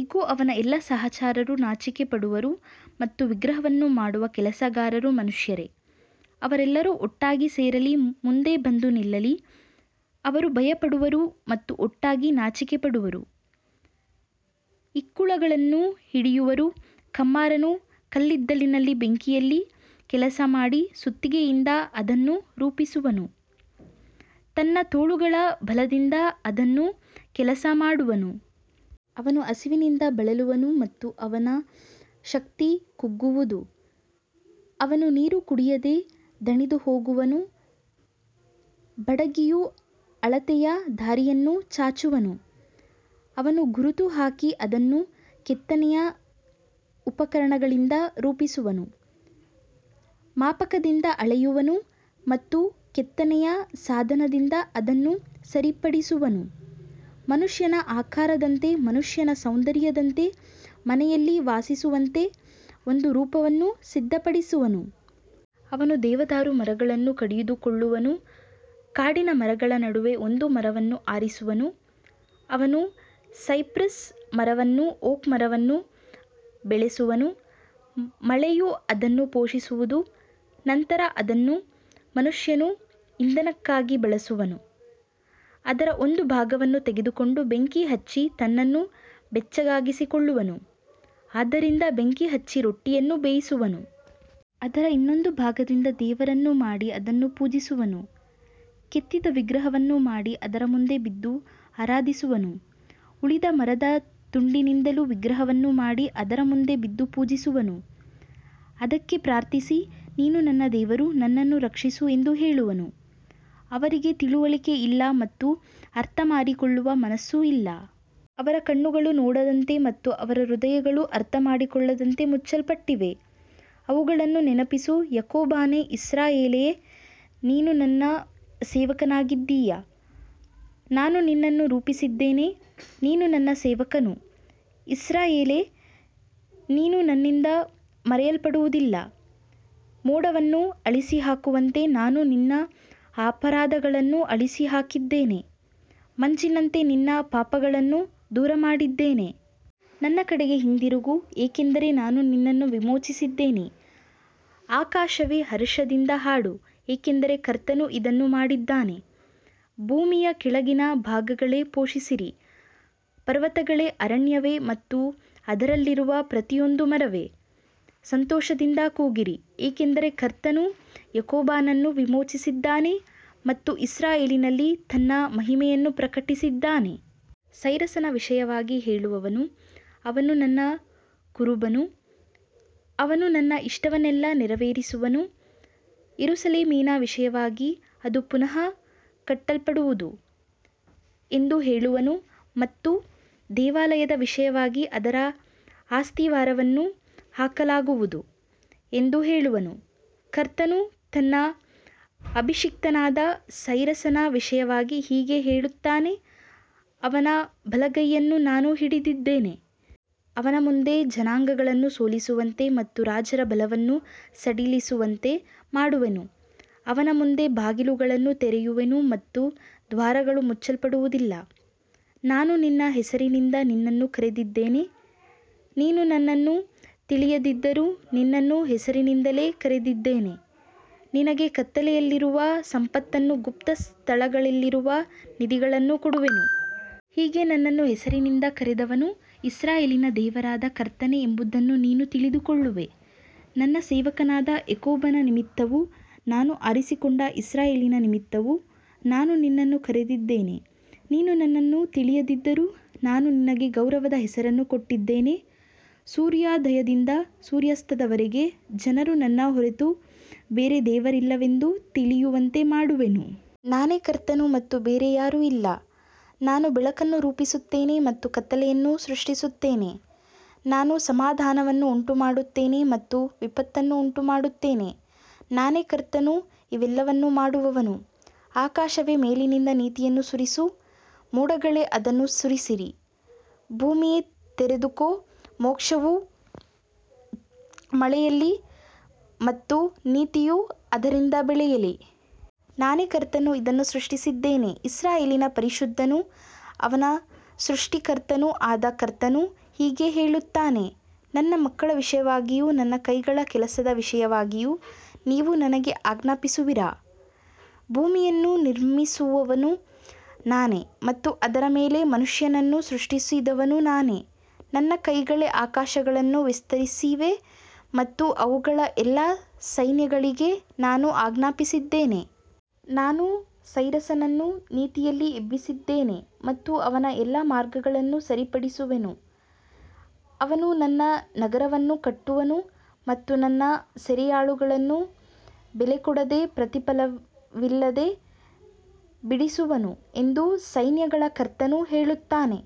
ಇಗೋ, ಅವನ ಎಲ್ಲಾ ಸಹಚರರು ನಾಚಿಕೆಪಡುವರು ಮತ್ತು ವಿಗ್ರಹವನ್ನು ಮಾಡುವ ಕೆಲಸಗಾರರೂ ಮನುಷ್ಯರೇ. ಅವರೆಲ್ಲರೂ ಒಟ್ಟಾಗಿ ಸೇರಲಿ, ಮುಂದೆ ಬಂದು ನಿಲ್ಲಲಿ. ಅವರು ಭಯಪಡುವರು ಮತ್ತು ಒಟ್ಟಾಗಿ ನಾಚಿಕೆಪಡುವರು. ಇಕ್ಕುಳಗಳನ್ನು ಹಿಡಿದಿರುವ ಕಮ್ಮಾರನು ಕಲ್ಲಿದ್ದಲಿನ ಬೆಂಕಿಯಲ್ಲಿ ಕೆಲಸಮಾಡಿ ಸುತ್ತಿಗೆಯಿಂದ ಅದನ್ನು ರೂಪಿಸುವನು. ತನ್ನ ತೋಳುಗಳ ಬಲದಿಂದ ಅದನ್ನು ಕೆಲಸಮಾಡುವನು. ಅವನು ಹಸಿವಿನಿಂದ ಬಳಲುವನು ಮತ್ತು ಅವನ ಶಕ್ತಿ ಕುಗ್ಗುವುದು. ಅವನು ನೀರು ಕುಡಿಯದೆ ದಣಿದುಹೋಗುವನು. ಬಡಗಿಯು ಅಳತೆಯ ದಾರಿಯನ್ನು ಚಾಚುವನು. ಅವನು ಗುರುತು ಹಾಕಿ ಅದನ್ನು ಕೆತ್ತನೆಯ ಉಪಕರಣಗಳಿಂದ ರೂಪಿಸುವನು. ಮಾಪಕದಿಂದ ಅಳೆಯುವನು ಮತ್ತು ಕೆತ್ತನೆಯ ಸಾಧನದಿಂದ ಅದನ್ನು ಸರಿಪಡಿಸುವನು. ಮನುಷ್ಯನ ಆಕಾರದಂತೆ, ಮನುಷ್ಯನ ಸೌಂದರ್ಯದಂತೆ, ಮನೆಯಲ್ಲಿ ವಾಸಿಸುವಂತೆ ಒಂದು ರೂಪವನ್ನು ಸಿದ್ಧಪಡಿಸುವನು. ಅವನು ದೇವದಾರು ಮರಗಳನ್ನು ಕಡಿದುಕೊಳ್ಳುವನು. ಕಾಡಿನ ಮರಗಳ ನಡುವೆ ಒಂದು ಮರವನ್ನು ಆರಿಸುವನು. ಅವನು ಸೈಪ್ರಸ್ ಮರವನ್ನೂ ಓಕ್ ಮರವನ್ನೂ ಬೆಳೆಸುವನು. ಮಳೆಯು ಅದನ್ನು ಪೋಷಿಸುವುದು. ನಂತರ ಅದನ್ನು ಮನುಷ್ಯನು ಇಂಧನಕ್ಕಾಗಿ ಬಳಸುವನು. ಅದರ ಒಂದು ಭಾಗವನ್ನು ತೆಗೆದುಕೊಂಡು ಬೆಂಕಿ ಹಚ್ಚಿ ತನ್ನನ್ನು ಬೆಚ್ಚಗಾಗಿಸಿಕೊಳ್ಳುವನು. ಅದರಿಂದ ಬೆಂಕಿ ಹಚ್ಚಿ ರೊಟ್ಟಿಯನ್ನು ಬೇಯಿಸುವನು. ಅದರ ಇನ್ನೊಂದು ಭಾಗದಿಂದ ದೇವರನ್ನು ಮಾಡಿ ಅದನ್ನು ಪೂಜಿಸುವನು. ಕೆತ್ತಿದ ವಿಗ್ರಹವನ್ನು ಮಾಡಿ ಅದರ ಮುಂದೆ ಬಿದ್ದು ಆರಾಧಿಸುವನು. ಉಳಿದ ಮರದ ತುಂಡಿನಿಂದಲೂ ವಿಗ್ರಹವನ್ನು ಮಾಡಿ ಅದರ ಮುಂದೆ ಬಿದ್ದು ಪೂಜಿಸುವನು. ಅದಕ್ಕೆ ಪ್ರಾರ್ಥಿಸಿ, ನೀನು ನನ್ನ ದೇವರು, ನನ್ನನ್ನು ರಕ್ಷಿಸು ಎಂದು ಹೇಳುವನು. ಅವರಿಗೆ ತಿಳುವಳಿಕೆ ಇಲ್ಲ ಮತ್ತು ಅರ್ಥಮಾಡಿಕೊಳ್ಳುವ ಮನಸ್ಸೂ ಇಲ್ಲ. ಅವರ ಕಣ್ಣುಗಳು ನೋಡದಂತೆ ಮತ್ತು ಅವರ ಹೃದಯಗಳು ಅರ್ಥಮಾಡಿಕೊಳ್ಳದಂತೆ ಮುಚ್ಚಲ್ಪಟ್ಟಿವೆ. ಇವುಗಳನ್ನು ನೆನಪಿಸು, ಯಾಕೋಬನೇ, ಇಸ್ರಾಯೇಲೇ, ನೀನು ನನ್ನ ಸೇವಕನಾಗಿದ್ದೀಯೆ. ನಾನು ನಿನ್ನನ್ನು ರೂಪಿಸಿದ್ದೇನೆ. ನೀನು ನನ್ನ ಸೇವಕನು. ಇಸ್ರಾಯೇಲೇ, ನೀನು ನನ್ನಿಂದ ಮರೆಯಲ್ಪಡುವುದಿಲ್ಲ. ಮೋಡವನ್ನು ಅಳಿಸಿಹಾಕುವಂತೆ ನಾನು ನಿನ್ನ ಅಪರಾಧಗಳನ್ನು ಅಳಿಸಿಹಾಕಿದ್ದೇನೆ. ಮಂಜಿನಂತೆ ನಿನ್ನ ಪಾಪಗಳನ್ನು ದೂರಮಾಡಿದ್ದೇನೆ. ನನ್ನ ಕಡೆಗೆ ಹಿಂದಿರುಗು, ಏಕೆಂದರೆ ನಾನು ನಿನ್ನನ್ನು ವಿಮೋಚಿಸಿದ್ದೇನೆ. ಆಕಾಶವೇ, ಹರ್ಷದಿಂದ ಹಾಡು, ಏಕೆಂದರೆ ಕರ್ತನು ಇದನ್ನು ಮಾಡಿದ್ದಾನೆ. ಭೂಮಿಯ ಕೆಳಗಿನ ಭಾಗಗಳೇ, ಘೋಷಿಸಿರಿ. ಪರ್ವತಗಳೇ, ಅರಣ್ಯವೇ ಮತ್ತು ಅದರಲ್ಲಿರುವ ಪ್ರತಿಯೊಂದು ಮರವೇ, ಸಂತೋಷದಿಂದ ಕೂಗಿರಿ. ಏಕೆಂದರೆ ಕರ್ತನು ಯಾಕೋಬನನ್ನು ವಿಮೋಚಿಸಿದ್ದಾನೆ ಮತ್ತು ಇಸ್ರಾಯೇಲಿನಲ್ಲಿ ತನ್ನ ಮಹಿಮೆಯನ್ನು ಪ್ರಕಟಿಸಿದ್ದಾನೆ. ಸೈರಸನ ವಿಷಯವಾಗಿ ಹೇಳುವವನು, ಅವನು ನನ್ನ ಕುರುಬನು. ಅವನು ನನ್ನ ಇಷ್ಟವನ್ನೆಲ್ಲ ನೆರವೇರಿಸುವನು. ಯೆರೂಸಲೇಮಿನ ವಿಷಯವಾಗಿ, ಅದು ಪುನಃ ಕಟ್ಟಲ್ಪಡುವುದು ಎಂದು ಹೇಳುವನು ಮತ್ತು ದೇವಾಲಯದ ವಿಷಯವಾಗಿ, ಅದರ ಅಸ್ತಿವಾರವನ್ನು ಹಾಕಲಾಗುವುದು ಎಂದು ಹೇಳುವನು. ಕರ್ತನು ತನ್ನ ಅಭಿಷಿಕ್ತನಾದ ಸೈರಸನ ವಿಷಯವಾಗಿ ಹೀಗೆ ಹೇಳುತ್ತಾನೆ. ಅವನ ಬಲಗೈಯನ್ನು ನಾನು ಹಿಡಿದಿದ್ದೇನೆ. ಅವನ ಮುಂದೆ ಜನಾಂಗಗಳನ್ನು ಸೋಲಿಸುವಂತೆ ಮತ್ತು ರಾಜರ ಬಲವನ್ನು ಸಡಿಲಿಸುವಂತೆ ಮಾಡುವೆನು. ಅವನ ಮುಂದೆ ಬಾಗಿಲುಗಳನ್ನು ತೆರೆಯುವೆನು ಮತ್ತು ದ್ವಾರಗಳು ಮುಚ್ಚಲ್ಪಡುವುದಿಲ್ಲ. ನಾನು ನಿನ್ನ ಹೆಸರಿನಿಂದ ನಿನ್ನನ್ನು ಕರೆದಿದ್ದೇನೆ. ನೀನು ನನ್ನನ್ನು ತಿಳಿಯದಿದ್ದರೂ ನಿನ್ನನ್ನು ಹೆಸರಿನಿಂದಲೇ ಕರೆದಿದ್ದೇನೆ. ನಿನಗೆ ಕತ್ತಲೆಯಲ್ಲಿರುವ ಸಂಪತ್ತನ್ನೂ ಗುಪ್ತ ಸ್ಥಳಗಳಲ್ಲಿರುವ ನಿಧಿಗಳನ್ನೂ ಕೊಡುವೆನು. ಹೀಗೆ ನಿನ್ನನ್ನು ಹೆಸರಿನಿಂದ ಕರೆದವನು ಇಸ್ರಾಯೇಲಿನ ದೇವರಾದ ಕರ್ತನೇ ಎಂಬುದನ್ನು ನೀನು ತಿಳಿದುಕೊಳ್ಳುವೆ. ನನ್ನ ಸೇವಕನಾದ ಯಾಕೋಬನ ನಿಮಿತ್ತವೂ ನಾನು ಆರಿಸಿಕೊಂಡ ಇಸ್ರಾಯೇಲಿನ ನಿಮಿತ್ತವೂ ನಾನು ನಿನ್ನನ್ನು ಕರೆದಿದ್ದೇನೆ. ನೀನು ನನ್ನನ್ನು ತಿಳಿಯದಿದ್ದರೂ ನಾನು ನಿನಗೆ ಗೌರವದ ಹೆಸರನ್ನು ಕೊಟ್ಟಿದ್ದೇನೆ. ಸೂರ್ಯೋದಯದಿಂದ ಸೂರ್ಯಾಸ್ತದವರೆಗೆ ಜನರು ನನ್ನ ಹೊರತು ಬೇರೆ ದೇವರಿಲ್ಲವೆಂದು ತಿಳಿಯುವಂತೆ ಮಾಡುವೆನು. ನಾನೇ ಕರ್ತನು ಮತ್ತು ಬೇರೆ ಯಾರೂ ಇಲ್ಲ. ನಾನು ಬೆಳಕನ್ನು ರೂಪಿಸುತ್ತೇನೆ ಮತ್ತು ಕತ್ತಲೆಯನ್ನು ಸೃಷ್ಟಿಸುತ್ತೇನೆ. ನಾನು ಸಮಾಧಾನವನ್ನು ಉಂಟುಮಾಡುತ್ತೇನೆ ಮತ್ತು ವಿಪತ್ತನ್ನು ಉಂಟುಮಾಡುತ್ತೇನೆ. ನಾನೇ ಕರ್ತನು, ಇವೆಲ್ಲವನ್ನೂ ಮಾಡುವವನು. ಆಕಾಶವೇ, ಮೇಲಿನಿಂದ ನೀತಿಯನ್ನು ಸುರಿಸು. ಮೋಡಗಳೇ, ಅದನ್ನು ಸುರಿಸಿರಿ. ಭೂಮಿಯೇ, ತೆರೆದುಕೋ. ಮೋಕ್ಷವು ಮೊಳೆಯಲಿ ಮತ್ತು ನೀತಿಯು ಅದರೊಂದಿಗೆ ಬೆಳೆಯಲಿ. ನಾನೇ ಕರ್ತನು ಇದನ್ನು ಸೃಷ್ಟಿಸಿದ್ದೇನೆ. ಇಸ್ರಾಯೇಲಿನ ಪರಿಶುದ್ಧನೂ ಅವನ ಸೃಷ್ಟಿಕರ್ತನೂ ಆದ ಕರ್ತನು ಹೀಗೆ ಹೇಳುತ್ತಾನೆ. ನನ್ನ ಮಕ್ಕಳ ವಿಷಯವಾಗಿಯೂ ನನ್ನ ಕೈಗಳ ಕೆಲಸದ ವಿಷಯವಾಗಿಯೂ ನೀವು ನನಗೆ ಆಜ್ಞಾಪಿಸುವಿರಾ? ಭೂಮಿಯನ್ನು ನಿರ್ಮಿಸಿದವನು ನಾನೇ ಮತ್ತು ಅದರ ಮೇಲೆ ಮನುಷ್ಯನನ್ನು ಸೃಷ್ಟಿಸಿದವನು ನಾನೇ. ನನ್ನ ಕೈಗಳೇ ಆಕಾಶಗಳನ್ನು ವಿಸ್ತರಿಸಿವೆ ಮತ್ತು ಅವುಗಳ ಎಲ್ಲಾ ಸೈನ್ಯಗಳಿಗೆ ನಾನು ಆಜ್ಞಾಪಿಸಿದ್ದೇನೆ. ನಾನು ಸೈರಸನನ್ನು ನೀತಿಯಲ್ಲಿ ಎಬ್ಬಿಸಿದ್ದೇನೆ ಮತ್ತು ಅವನ ಎಲ್ಲಾ ಮಾರ್ಗಗಳನ್ನು ಸರಿಪಡಿಸುವೆನು. ಅವನು ನನ್ನ ನಗರವನ್ನು ಕಟ್ಟುವನು ಮತ್ತು ನನ್ನ ಸೆರೆಯಾಳುಗಳನ್ನು ಬೆಲೆಕೊಡದೆ, ಪ್ರತಿಫಲವಿಲ್ಲದೆ ಬಿಡಿಸುವನು ಎಂದು ಸೈನ್ಯಗಳ ಕರ್ತನು ಹೇಳುತ್ತಾನೆ.